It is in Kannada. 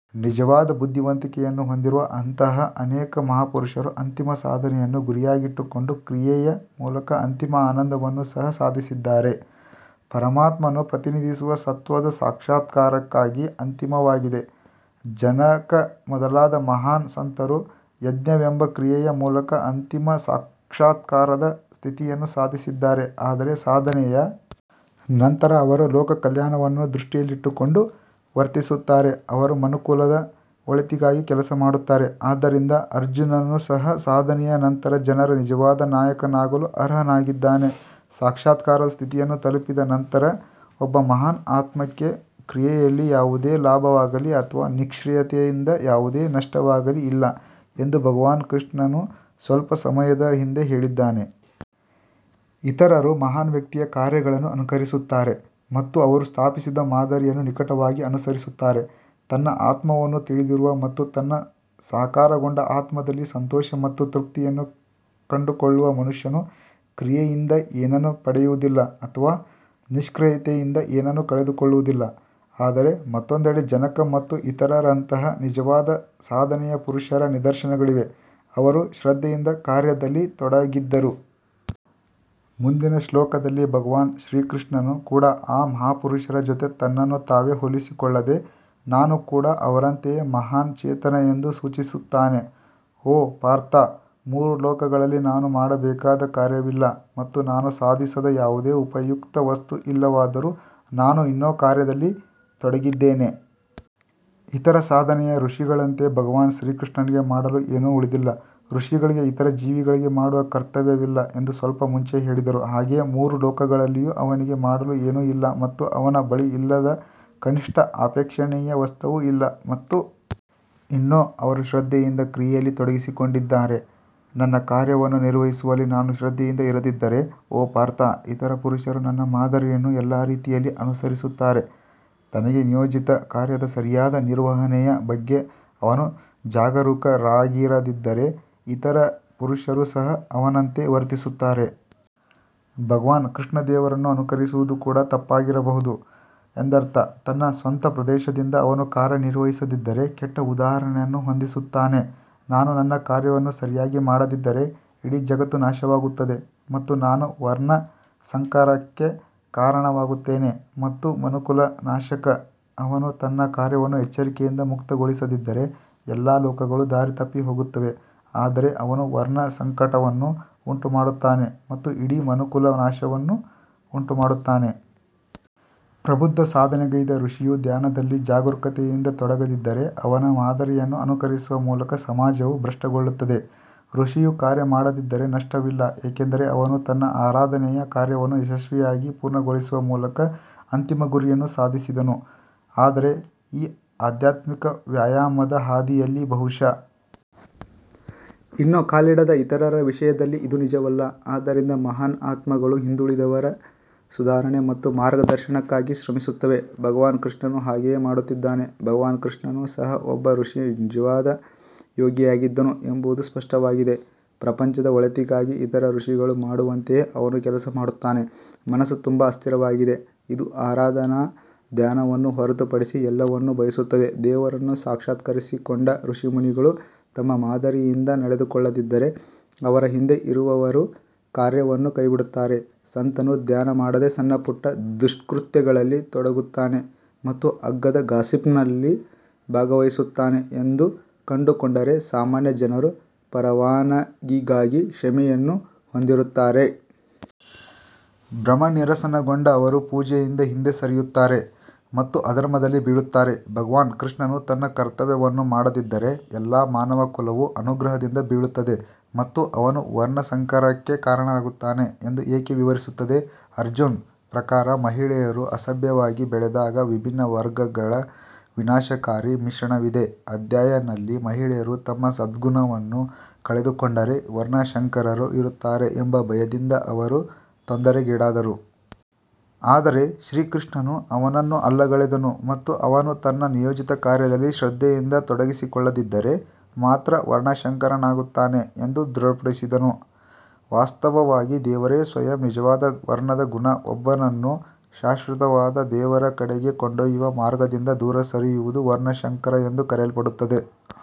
ನಿಜವಾದ ಬುದ್ಧಿವಂತಿಕೆಯನ್ನು ಹೊಂದಿರುವ ಅಂತಹ ಅನೇಕ ಮಹಾಪುರುಷರು ಅಂತಿಮ ಸಾಧನೆಯನ್ನು ಗುರಿಯಾಗಿಟ್ಟುಕೊಂಡು ಕ್ರಿಯೆಯ ಮೂಲಕ ಅಂತಿಮ ಆನಂದವನ್ನು ಸಹ ಸಾಧಿಸಿದ್ದಾರೆ. ಪರಮಾತ್ಮನು ಪ್ರತಿನಿಧಿಸುವ ಸತ್ವದ ಸಾಕ್ಷಾತ್ಕಾರಕ್ಕಾಗಿ ಅಂತಿಮವಾಗಿದೆ ಜನಕ ಮೊದಲಾದ ಮಹಾನ್ ಸಂತರು ಯಜ್ಞವೆಂಬ ಕ್ರಿಯೆಯ ಮೂಲಕ ಅಂತಿಮ ಸಾಕ್ಷಾತ್ಕಾರದ ಸ್ಥಿತಿಯನ್ನು ಸಾಧಿಸಿದ್ದಾರೆ. ಆದರೆ ಸಾಧನೆಯ ನಂತರ ಅವರು ಲೋಕಕಲ್ಯಾಣವನ್ನು ದೃಷ್ಟಿಯಲ್ಲಿಟ್ಟುಕೊಂಡು ವರ್ತಿಸುತ್ತಾರೆ ಅವರು ಮನುಕುಲದ ಒಳಿತಿಗಾಗಿ ಕೆಲಸ ಮಾಡುತ್ತಾರೆ ಆದ್ದರಿಂದ ಅರ್ಜುನನು ಸಹ ಸಾಧನೆಯ ನಂತರ ಜನರ ನಿಜವಾದ ನಾಯಕನಾಗಲು ಅರ್ಹನಾಗಿದ್ದಾನೆ ಸಾಕ್ಷಾತ್ಕಾರದ ಸ್ಥಿತಿಯನ್ನು ತಲುಪಿದ ನಂತರ ಒಬ್ಬ ಮಹಾನ್ ಆತ್ಮಕ್ಕೆ ಕ್ರಿಯೆಯಲ್ಲಿ ಯಾವುದೇ ಲಾಭವಾಗಲೀ ಅಥವಾ ನಿಷ್ಕ್ರಿಯತೆಯಿಂದ ಯಾವುದೇ ನಷ್ಟವಾಗಲೀ ಇಲ್ಲ ಎಂದು ಭಗವಾನ್ ಕೃಷ್ಣನು ಸ್ವಲ್ಪ ಸಮಯದ ಹಿಂದೆ ಹೇಳಿದ್ದಾನೆ. ಇತರರು ಮಹಾನ್ ವ್ಯಕ್ತಿಯ ಕಾರ್ಯಗಳನ್ನು ಅನುಕರಿಸುತ್ತಾರೆ ಮತ್ತು ಅವರು ಸ್ಥಾಪಿಸಿದ ಮಾದರಿಯನ್ನು ನಿಕಟವಾಗಿ ಅನುಸರಿಸುತ್ತಾರೆ ತನ್ನ ಆತ್ಮವನ್ನು ತಿಳಿದಿರುವ ಮತ್ತು ತನ್ನ ಸಾಕಾರಗೊಂಡ ಆತ್ಮದಲ್ಲಿ ಸಂತೋಷ ಮತ್ತು ತೃಪ್ತಿಯನ್ನು ಕಂಡುಕೊಳ್ಳುವ ಮನುಷ್ಯನು ಕ್ರಿಯೆಯಿಂದ ಏನನ್ನೂ ಪಡೆಯುವುದಿಲ್ಲ ಅಥವಾ ನಿಷ್ಕ್ರಿಯತೆಯಿಂದ ಏನನ್ನೂ ಕಳೆದುಕೊಳ್ಳುವುದಿಲ್ಲ. ಆದರೆ ಮತ್ತೊಂದೆಡೆ, ಜನಕ ಮತ್ತು ಇತರರಂತಹ ನಿಜವಾದ ಸಾಧನೆಯ ಪುರುಷರ ನಿದರ್ಶನಗಳಿವೆ, ಅವರು ಶ್ರದ್ಧೆಯಿಂದ ಕಾರ್ಯದಲ್ಲಿ ತೊಡಗಿದ್ದರು. ಮುಂದಿನ ಶ್ಲೋಕದಲ್ಲಿ ಭಗವಾನ್ ಶ್ರೀಕೃಷ್ಣನು ಕೂಡ ಆ ಮಹಾಪುರುಷರ ಜೊತೆ ತನ್ನನ್ನು ತಾವೇ ಹೋಲಿಸಿಕೊಳ್ಳದೆ ನಾನು ಕೂಡ ಅವರಂತೆಯೇ ಮಹಾನ್ ಚೇತನ ಎಂದು ಸೂಚಿಸುತ್ತಾನೆ. ಓ ಪಾರ್ಥ್ ಮೂರು ಲೋಕಗಳಲ್ಲಿ ನಾನು ಮಾಡಬೇಕಾದ ಕಾರ್ಯವಿಲ್ಲ ಮತ್ತು ನಾನು ಸಾಧಿಸದ ಯಾವುದೇ ಉಪಯುಕ್ತ ವಸ್ತು ಇಲ್ಲವಾದರೂ ನಾನು ಇನ್ನೂ ಕಾರ್ಯದಲ್ಲಿ ತೊಡಗಿದ್ದೇನೆ. ಇತರ ಸಾಧನೆಯ ಋಷಿಗಳಂತೆ ಭಗವಾನ್ ಶ್ರೀಕೃಷ್ಣನಿಗೆ ಮಾಡಲು ಏನೂ ಉಳಿದಿಲ್ಲ ಋಷಿಗಳಿಗೆ ಇತರ ಜೀವಿಗಳಿಗೆ ಮಾಡುವ ಕರ್ತವ್ಯವಿಲ್ಲ ಎಂದು ಸ್ವಲ್ಪ ಮುಂಚೆಯೇ ಹೇಳಿದರು ಹಾಗೆಯೇ ಮೂರು ಲೋಕಗಳಲ್ಲಿಯೂ ಅವನಿಗೆ ಮಾಡಲು ಏನೂ ಇಲ್ಲ ಮತ್ತು ಅವನ ಬಳಿ ಇಲ್ಲದ ಕನಿಷ್ಠ ಅಪೇಕ್ಷಣೀಯ ವಸ್ತುವೂ ಇಲ್ಲ. ಮತ್ತು ಇನ್ನೂ ಅವರು ಶ್ರದ್ಧೆಯಿಂದ ಕ್ರಿಯೆಯಲ್ಲಿ ತೊಡಗಿಸಿಕೊಂಡಿದ್ದಾರೆ ನನ್ನ ಕಾರ್ಯವನ್ನು ನಿರ್ವಹಿಸುವಲ್ಲಿ ನಾನು ಶ್ರದ್ಧೆಯಿಂದ ಇರದಿದ್ದರೆ ಓ ಪಾರ್ಥ್ ಇತರ ಪುರುಷರು ನನ್ನ ಮಾದರಿಯನ್ನು ಎಲ್ಲಾ ರೀತಿಯಲ್ಲಿ ಅನುಸರಿಸುತ್ತಾರೆ ತನಗೆ ನಿಯೋಜಿತ ಕಾರ್ಯದ ಸರಿಯಾದ ನಿರ್ವಹಣೆಯ ಬಗ್ಗೆ ಅವನು ಜಾಗರೂಕರಾಗಿರದಿದ್ದರೆ ಇತರ ಪುರುಷರು ಸಹ ಅವನಂತೆ ವರ್ತಿಸುತ್ತಾರೆ ಭಗವಾನ್ ಕೃಷ್ಣ ದೇವರನ್ನು ಅನುಕರಿಸುವುದು ಕೂಡ ತಪ್ಪಾಗಿರಬಹುದು ಎಂದರ್ಥ ತನ್ನ ಸ್ವಂತ ಪ್ರವೇಶದಿಂದ ಅವನು ಕಾರ್ಯನಿರ್ವಹಿಸದಿದ್ದರೆ ಕೆಟ್ಟ ಉದಾಹರಣೆಯನ್ನು ಹೊಂದಿಸುತ್ತಾನೆ ನಾನು ನನ್ನ ಕಾರ್ಯವನ್ನು ಸರಿಯಾಗಿ ಮಾಡದಿದ್ದರೆ ಇಡೀ ಜಗತ್ತು ನಾಶವಾಗುತ್ತದೆ ಮತ್ತು ನಾನು ವರ್ಣಸಂಕರಕ್ಕೆ ಕಾರಣವಾಗುತ್ತೇನೆ ಮತ್ತು ಮನುಕುಲದ ನಾಶಕ ಅವನು ತನ್ನ ಕಾರ್ಯವನ್ನು ಎಚ್ಚರಿಕೆಯಿಂದ ಮುಕ್ತಗೊಳಿಸದಿದ್ದರೆ, ಎಲ್ಲಾ ಲೋಕಗಳು ದಾರಿತಪ್ಪಿ ಹೋಗುತ್ತವೆ, ಆದರೆ ಅವನು ವರ್ಣಸಂಕಟವನ್ನು ಉಂಟುಮಾಡುತ್ತಾನೆ ಮತ್ತು ಇಡೀ ಮನುಕುಲದ ನಾಶವನ್ನು ಉಂಟುಮಾಡುತ್ತಾನೆ. ಪ್ರಬುದ್ಧ ಸಾಧನೆಗೈದ ಋಷಿಯು ಧ್ಯಾನದಲ್ಲಿ ಜಾಗರೂಕತೆಯಿಂದ ತೊಡಗದಿದ್ದರೆ ಅವನ ಮಾದರಿಯನ್ನು ಅನುಕರಿಸುವ ಮೂಲಕ ಸಮಾಜವು ಭ್ರಷ್ಟಗೊಳ್ಳುತ್ತದೆ. ಋಷಿಯು ಕಾರ್ಯ ಮಾಡದಿದ್ದರೆ ನಷ್ಟವಿಲ್ಲ ಏಕೆಂದರೆ ಅವನು ತನ್ನ ಆರಾಧನೆಯ ಕಾರ್ಯವನ್ನು ಯಶಸ್ವಿಯಾಗಿ ಪೂರ್ಣಗೊಳಿಸುವ ಮೂಲಕ ಅಂತಿಮ ಗುರಿಯನ್ನು ಸಾಧಿಸಿದನು. ಆದರೆ ಈ ಆಧ್ಯಾತ್ಮಿಕ ವ್ಯಾಯಾಮದ ಹಾದಿಯಲ್ಲಿ ಬಹುಶಃ ಇನ್ನೂ ಕಾಲಿಡದ ಇತರರ ವಿಷಯದಲ್ಲಿ ಇದು ನಿಜವಲ್ಲ ಆದ್ದರಿಂದ ಮಹಾನ್ ಆತ್ಮಗಳು ಹಿಂದುಳಿದವರ ಸುಧಾರಣೆ ಮತ್ತು ಮಾರ್ಗದರ್ಶನಕ್ಕಾಗಿ ಶ್ರಮಿಸುತ್ತವೆ ಭಗವಾನ್ ಕೃಷ್ಣನು ಹಾಗೆಯೇ ಮಾಡುತ್ತಿದ್ದಾನೆ ಭಗವಾನ್ ಕೃಷ್ಣನು ಸಹ ಒಬ್ಬ ಋಷಿ ನಿಜವಾದ ಯೋಗಿಯಾಗಿದ್ದನು ಎಂಬುದು ಸ್ಪಷ್ಟವಾಗಿದೆ ಪ್ರಪಂಚದ ಒಳಿತಿಗಾಗಿ ಇತರ ಋಷಿಗಳು ಮಾಡುವಂತೆಯೇ ಅವನು ಕೆಲಸ ಮಾಡುತ್ತಾನೆ ಮನಸ್ಸು ತುಂಬಾ ಅಸ್ಥಿರವಾಗಿದೆ ಇದು ಆರಾಧನಾ ಧ್ಯಾನವನ್ನು ಹೊರತುಪಡಿಸಿ ಎಲ್ಲವನ್ನೂ ಬಯಸುತ್ತದೆ ದೇವರನ್ನು ಸಾಕ್ಷಾತ್ಕರಿಸಿಕೊಂಡ ಋಷಿಮುನಿಗಳು ತಮ್ಮ ಮಾದರಿಯಿಂದ ನಡೆದುಕೊಳ್ಳದಿದ್ದರೆ ಅವರ ಹಿಂದೆ ಇರುವವರೂ ಕಾರ್ಯವನ್ನು ಕೈಬಿಡುತ್ತಾರೆ ಸಂತನು ಧ್ಯಾನ ಮಾಡದೆ ಸಣ್ಣಪುಟ್ಟ ದುಷ್ಕೃತ್ಯಗಳಲ್ಲಿ ತೊಡಗುತ್ತಾನೆ ಮತ್ತು ಅಗ್ಗದ ಗಾಸಿಪ್ನಲ್ಲಿ ಭಾಗವಹಿಸುತ್ತಾನೆ ಎಂದು ಕಂಡುಕೊಂಡರೆ ಸಾಮಾನ್ಯ ಜನರು ಪರವಾನಗಿಗಾಗಿ ಕ್ಷಮೆಯನ್ನು ಹೊಂದಿರುತ್ತಾರೆ. ಭ್ರಮನಿರಸನಗೊಂಡ ಅವರು ಪೂಜೆಯಿಂದ ಹಿಂದೆ ಸರಿಯುತ್ತಾರೆ ಮತ್ತು ಅಧರ್ಮದಲ್ಲಿ ಬೀಳುತ್ತಾರೆ ಭಗವಾನ್ ಕೃಷ್ಣನು ತನ್ನ ಕರ್ತವ್ಯವನ್ನು ಮಾಡದಿದ್ದರೆ ಎಲ್ಲಾ ಮಾನವಕುಲವು ಅನುಗ್ರಹದಿಂದ ಬೀಳುತ್ತದೆ ಮತ್ತು ಅವನು ವರ್ಣಸಂಕರಕ್ಕೆ ಕಾರಣನಾಗುತ್ತಾನೆ ಎಂದು ಏಕೆ ವಿವರಿಸುತ್ತದೆ. ಅರ್ಜುನ್ ಪ್ರಕಾರ, ಮಹಿಳೆಯರು ಅಸಭ್ಯವಾಗಿ ಬೆಳೆದಾಗ ವಿಭಿನ್ನ ವರ್ಗಗಳ ವಿನಾಶಕಾರಿ ಮಿಶ್ರಣವಿದೆ ಅಧ್ಯಾಯ ನಲ್ಲಿ ಮಹಿಳೆಯರು ತಮ್ಮ ಸದ್ಗುಣವನ್ನು ಕಳೆದುಕೊಂಡರೆ ವರ್ಣಶಂಕರರು ಇರುತ್ತಾರೆ ಎಂಬ ಭಯದಿಂದ ಅವರು ತೊಂದರೆಗೀಡಾದರು. ಆದರೆ ಶ್ರೀಕೃಷ್ಣನು ಅವನನ್ನು ಅಲ್ಲಗಳೆದನು ಮತ್ತು ಅವನು ತನ್ನ ನಿಯೋಜಿತ ಕಾರ್ಯದಲ್ಲಿ ಶ್ರದ್ಧೆಯಿಂದ ತೊಡಗಿಸಿಕೊಳ್ಳದಿದ್ದರೆ ಮಾತ್ರ ವರ್ಣಶಂಕರನಾಗುತ್ತಾನೆ ಎಂದು ದೃಢಪಡಿಸಿದನು. ವಾಸ್ತವವಾಗಿ ದೇವರೇ ಸ್ವಯಂ ನಿಜವಾದ ವರ್ಣದ ಗುಣ ಒಬ್ಬನನ್ನು ಶಾಶ್ವತವಾದ ದೇವರ ಕಡೆಗೆ ಕೊಂಡೊಯ್ಯುವ ಮಾರ್ಗದಿಂದ ದೂರ ಸರಿಯುವುದು ವರ್ಣಶಂಕರ ಎಂದು ಕರೆಯಲ್ಪಡುತ್ತದೆ.